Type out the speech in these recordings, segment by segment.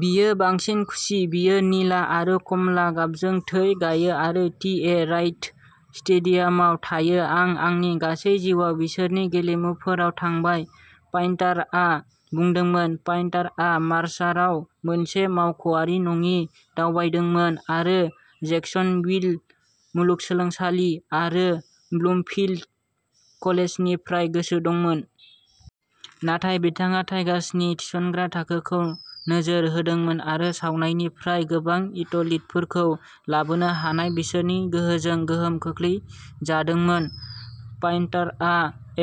बियो बांसिन खुसि। बियो निला आरो कमला गाबजों थै गायो आरो टि. ए. राइट स्टेडियामाव थायो। "आं आंनि गासै जिउआव बिसोरनि गेलेमुफोराव थांबाय", पइन्टारआ बुंदोंमोन। पइन्टारआ मार्साराव मोनसे मावख'आरि नङि दावबायदोंमोन आरो जैक्सनविल मुलुगसोलोंसालि आरो ब्लुफिल्ड कलेजनिफ्राय गोसो दंमोन। नाथाय बिथाङा टाइगार्सनि थिसनग्रा थाखोखौ नोजोर होदोंमोन आरो सावानानिफ्राय गोबां एथलीटफोरखौ लाबोनो हानाय बिसोरनि गोहोजों गोहोम खोख्लैजादोंमोन। पइन्टारआ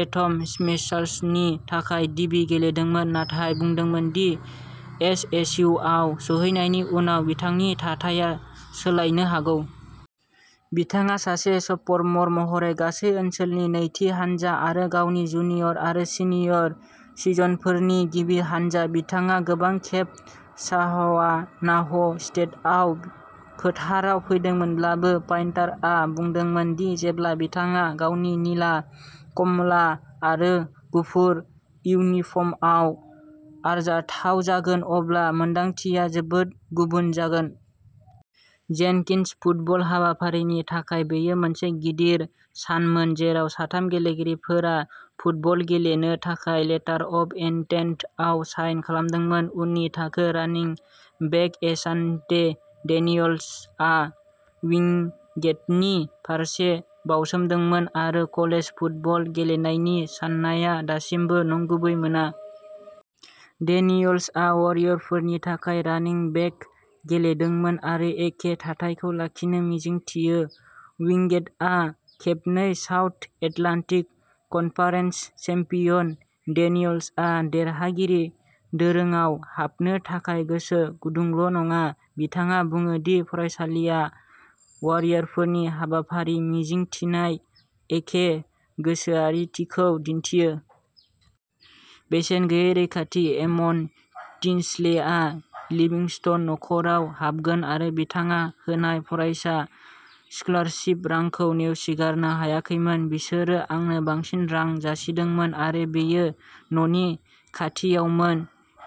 एटम स्मेशार्सनि थाखाय डिबि गेलेदोंमोन नाथाय बुंदोंमोन दि एसएसइउआव सौहैनायनि उनाव बिथांनि थाथाया सोलायनो हागौ। बिथाङा सासे स'फर मर महरै गासै ओनसोलनि नैथि हानजा आरो गावनि जुनियर आरो सिनियर सिजनफोरनि गिबि हानजा। बिथाङा गोबां खेब सावानाह स्टेटआव फोथाराव फैदोंमोनब्लाबो, पइन्टारआ बुंदोंमोन दि जेब्ला बिथाङा गावनि निला, कमला आरो गुफुर इउनिफर्मआव आरजाथाव जागोन अब्ला मोन्दांथिया जोबोद गुबुन जागोन। जेनकिन्स फुटबल हाबाफारिनि थाखाय बेयो मोनसे गिदिर सानमोन जेराव साथाम गेलेगिरिफोरा फुटबल गेलेनो थाखाय लेटार अफ इन्टेन्टआव साइन खालामदोंमोन। उननि थाखो। रानिं बेक एशान्टे डेनियल्सआ विंगेटनि फारसे बाउसोमदोंमोन, आरो कलेज फुटबल गेलेनायनि साननाया दासिमबो नंगुबै मोना। डेनियल्सआ वारियरफोरनि थाखाय रानिं बेक गेलेदोंमोन आरो एखे थाथायखौ लाखिनो मिजिंथियो। विंगेटआ खेबनै साउथ एटलान्टिक कनफारेन्स चेम्पियन। डेनियल्सआ देरहागिरि दोरोंआव हाबनो थाखाय गोसो गुदुंल' नङा, बिथाङा बुङो दि फरायसालिआ वारियरफोरनि हाबाफारि मिजिंथिनाय एखे गोसोआरिथिखौ दिन्थियो। बेसेन गैयै रैखाथि एम'न टिनस्लेआ लिभिंस्टन नख'राव हाबगोन आरो बिथाङा होनाय फरायसा स्कलारशिप रांखौ नेवसिगारनो हायाखैमोन। "बिसोरो आंनो बांसिन रां जासिदोंमोन आरो बेयो न'नि खाथियावमोन",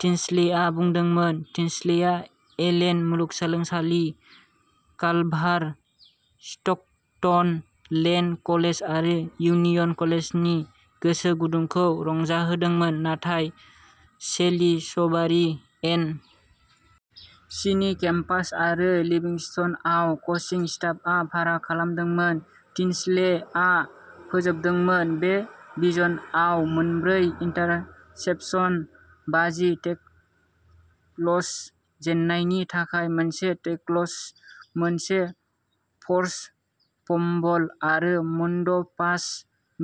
टिनस्लेआ बुंदोंमोन। टिनस्लेआ एलेन मुलुगसोलोंसालि, कालभार स्टकटन, लेन कलेज आरो यूनियन कलेजनि गोसो गुदुंखौ रंजाहोदोंमोन, नाथाय सेलिसबारि, एन. सि. नि केम्पास आरो लिभिंस्टनआव क'चिं स्टाफआ फाराग खालामदोंमोन। टिनस्लेआ फोजोबदोंमोन। बे सिजनआव मोनब्रै इन्टारासेप्शन, बाजि टेकल्स, जेननायनि थाखाय मोनसे टेकल्स, मोनसे फ'र्स फम्बल आरो मोनद'पास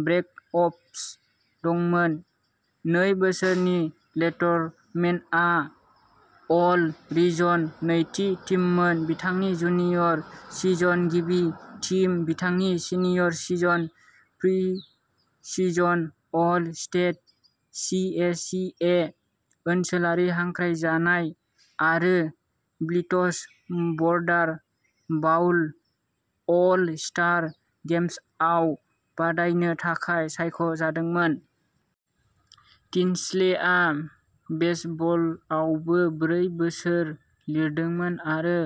ब्रेक अप्स दंमोन। नै बोसोरनि लेटरमेनआ अल रिजन नैथि टीममोन, बिथांनि जुनियर सिजन, गिबि टीम बिथांनि senior season, preseason all state, G A C A ओनसोलारि हांख्रायजानाय आरो blitz border bowl all star गेमसआव बादायनो थाखाय सायख' जादोंमोन। टिनस्लेआ बेसबलआवबो ब्रै बोसोर लिरदोंमोन आरो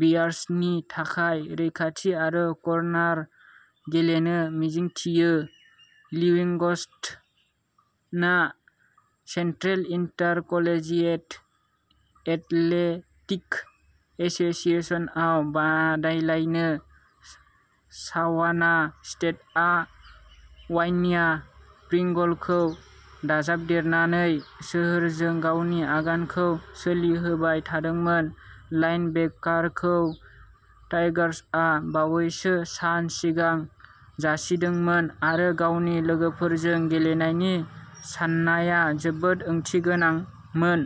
बियार्सनि थाखाय रैखाथि आरो कर्नार गेलेनो मिजिंथियो। लिविंगस्ट'ना सेन्ट्रेल इन्टारकलेजियेट एथलेटिक एस'सिएशनआव बादायलायो। सावाना स्टेटआ वान्या प्रिंगलखौ दाजाबदेरनानै सोहोरजों गावनि आगानखौ सोलिहोबाय थादोंमोन। लाइनबेकारखौ टाइगर्सआ बावैसो सान सिगां जासिदोंमोन आरो गावनि लोगोफोरजों गेलेनायनि साननाया जोबोद ओंथि गोनांमोन।